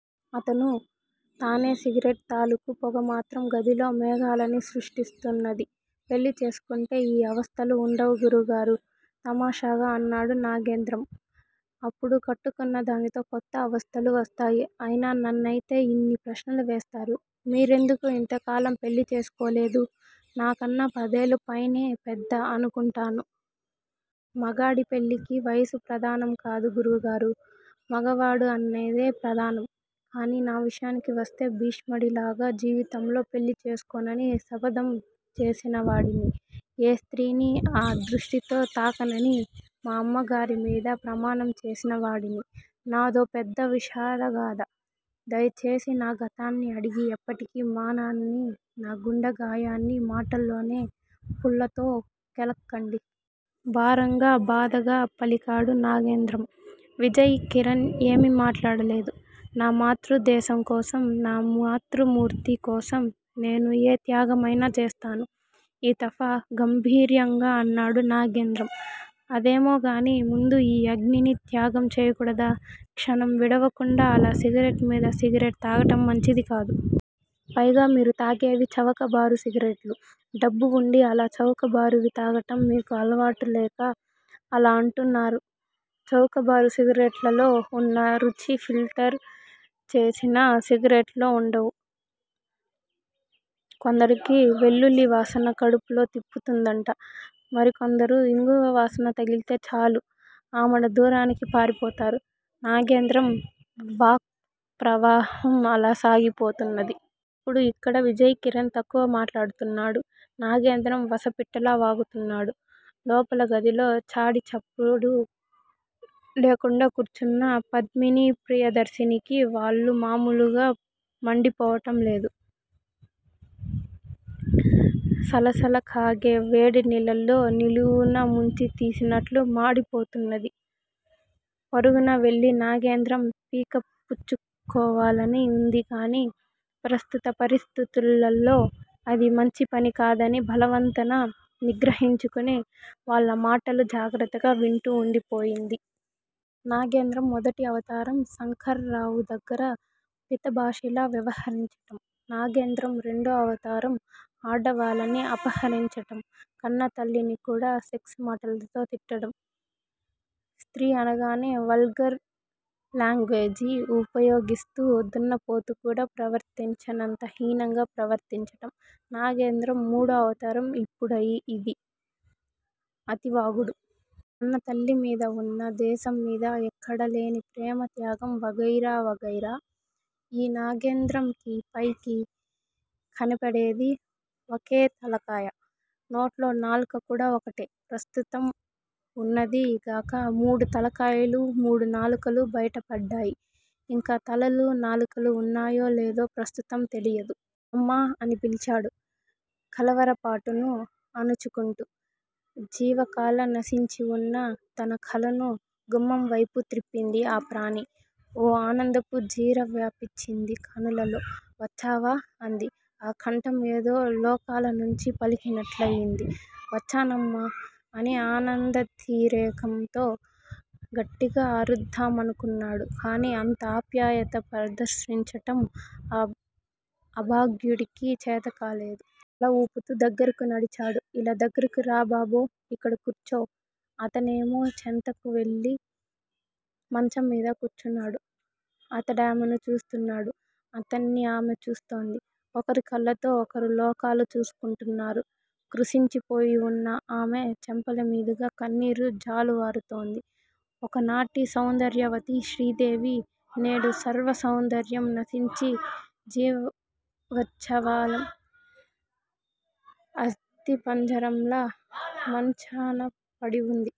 అతను తానే సిగరెట్ తాలూకు పొగమాత్రం గదిలో మేఘాలని సృష్టిస్తున్నది. పెళ్ళిచేసుకుంటే ఈ అవస్తలు వుండవు గురువుగారూ! తమాషాగా అన్నాడు నాగేంద్రం. అప్పుడు కట్టుకున్నదానితో కొత్త అవస్తలు వస్తాయి. అయినా నన్నయితే యిన్ని ప్రశ్నలు వేస్తారు. మీరెందుకు యింతకాలం పెళ్ళిచేసుకోలేదు? నాకన్నా పదేళ్ళు పైనే పెద్ద అనుకుంటాను? మగాడి పెళ్ళికి వయసు ప్రధానంకాదు గురువుగారూ! మగవాడు అన్నదే ప్రధానం. కాని నా విషయానికి వస్తే భీష్ముడిలాగా జీవితంలో పెళ్ళిచేసుకోనని శబధం చేసిన వాడిని. ఏ స్త్రీని ఆ దృష్టితో తాకనని మా అమ్మగారి మీద ప్రమాణం చేసినవాడిని నాదో పెద్ద విషాదగాధ. దయచేసి నా గతాన్ని అడిగి ఎప్పటికీ మానని నా గుండె గాయాన్ని మాటలనే పుల్లతో కెలక్కండి. భారంగా బాధగా పలికాడు నాగేంద్రం. విజయ్ కిరణ్ ఏమీ మాట్లాడలేదు. నా మాతృదేశంకోసం నా మాతృమూర్తి కోసం నేను ఏ త్యాగమయినా చేస్తాను. ఈతఫా గాంభీర్యంగా అన్నాడు నాగేంద్రం. అదేమోగాని ముందు ఈ అగ్నిని త్యాగం చేయకూడదా? క్షణం విడవకుండా అలా సిగరెట్ మీద సిగరెట్ తాగటం మంచిదికాదు. పైగా మీరు తాగేవి చవకబారు సిగరెట్లు. డబ్బు వుండి అలా చౌకబరువి తాగటం? మీకు అలవాటులేక అలా అంటున్నారు. చౌకబారు సిగరెట్లలో వున్న రుచి ఫిల్టర్ చేసిన సిగరెట్ లో వుండదు. కొందరికి వెల్లుల్లివాసన కడుపులో తిప్పుతుందట. మరికొందరు ఇంగువ వాసన తగిలితే చాలు ఆమడదూరానికి పారిపోతారు నాగేంద్రం వాక్ ప్రవాహం అలా సాగిపోతున్నది. ఇప్పుడు ఇక్కడ విజయ్ కిరణ్ తక్కువ మాట్లాడుతున్నాడు. నాగేంద్రం వసపిట్టలా వాగుతున్నాడు. లోపల గదిలో చడీచప్పుడు లేకుండా కూర్చున్న పద్మినిప్రియదర్శినికి వళ్ళు మామూలుగా మండిపోవటం లేదు. సలసలకాగే వేడి నీళ్ళలో నిలువునా ముంచి తీసినట్లు మాడిపోతున్నది. పరుగునవెళ్ళి నాగేంద్రం పీక పుచ్చుకోవాలని వుందిగాని ప్రస్తుత పరిస్థితులలో అది మంచిపని కాదని బలవంతాన నిగ్రహించుకుని వాళ్ళ మాటలు జాగ్రత్తగా వింటూ వుండిపోయింది. నాగేంద్రం మొదటి అవతారం శంకర్రావు దగ్గర మితభాషిలా వ్యవహరించటం. నాగేంద్రం రెండో అవతారం ఆడవాళ్ళని అపహరించటం. కన్నతల్లిని కూడా సెక్స్ మాటలతో తిట్టటం. స్త్రీ అనగానే వల్గర్ లాంగ్వేజి వుపయోగిస్తూ దున్నపోతు కూడా ప్రవర్తించనంత హీనంగా ప్రవర్తించటం. నాగేంద్రం మూడో అవతారం ఇప్పుడు యిది. అతివాగుడు. కన్నతల్లి మీద, ఉన్న దేశం మీద ఎక్కడలేని ప్రేమ త్యాగం వగైరా వగైరా. ఈ నాగేంద్రంకి పైకి కనబడేది వకేతలకాయ. నోట్లో నాలుక కూడా వకటే. ప్రస్తుతం వున్నది గాక మూడు తలకాయలు, మూడు నాలుకలు బైటపడ్డాయి. ఇంకా తలలు నాలుకలు వున్నాయో లేదో ప్రస్తుతం తెలియదు. అమ్మా! అని పిలిచాడు కలవరపాటును అణుచుకుంటూ. జీవకళ నశించివున్న తనకళ్ళను గుమ్మంవైపు త్రిప్పింది ఆ ప్రాణి. ఓ ఆనందపు జీర వ్యాపించింది కనులలో. వచ్చావా? అంది. ఆ కంఠం ఏదో లోకాలనుంచి పలికినట్లయింది. వచ్చానమ్మా అని ఆనందాతిరేకంతో గట్టిగా అరుద్దామనుకున్నాడు. కాని అంత ఆప్యాయత ప్రదర్శించటం ఆ అభాగ్యుడికి చేతకాలేదు. తల ఊపుతూ దగ్గరకు నడిచాడు. ఇలా దగ్గరకు రా బబో ఇక్కడ కూర్చో. అతనేమో చెంతకు వెళ్ళి మంచంమీద కూర్చున్నాడు. అతడామెను చూస్తున్నాడు. అతన్ని ఆమె చూస్తోంది. ఒకరికళ్ళతో ఒకరు లోకాలు చూసుకుంటున్నారు. కృశించిపోయివున్న ఆమె చెంపలమీదుగా కన్నీరు జాలువారుతోంది. ఒకనాటి సౌందర్యవతి శ్రీదేవి- నేడు సర్వ సౌందర్యం నశించి, జీవచ్చవంలా, అస్థిపంజరంలా మంచాన పడివుంది.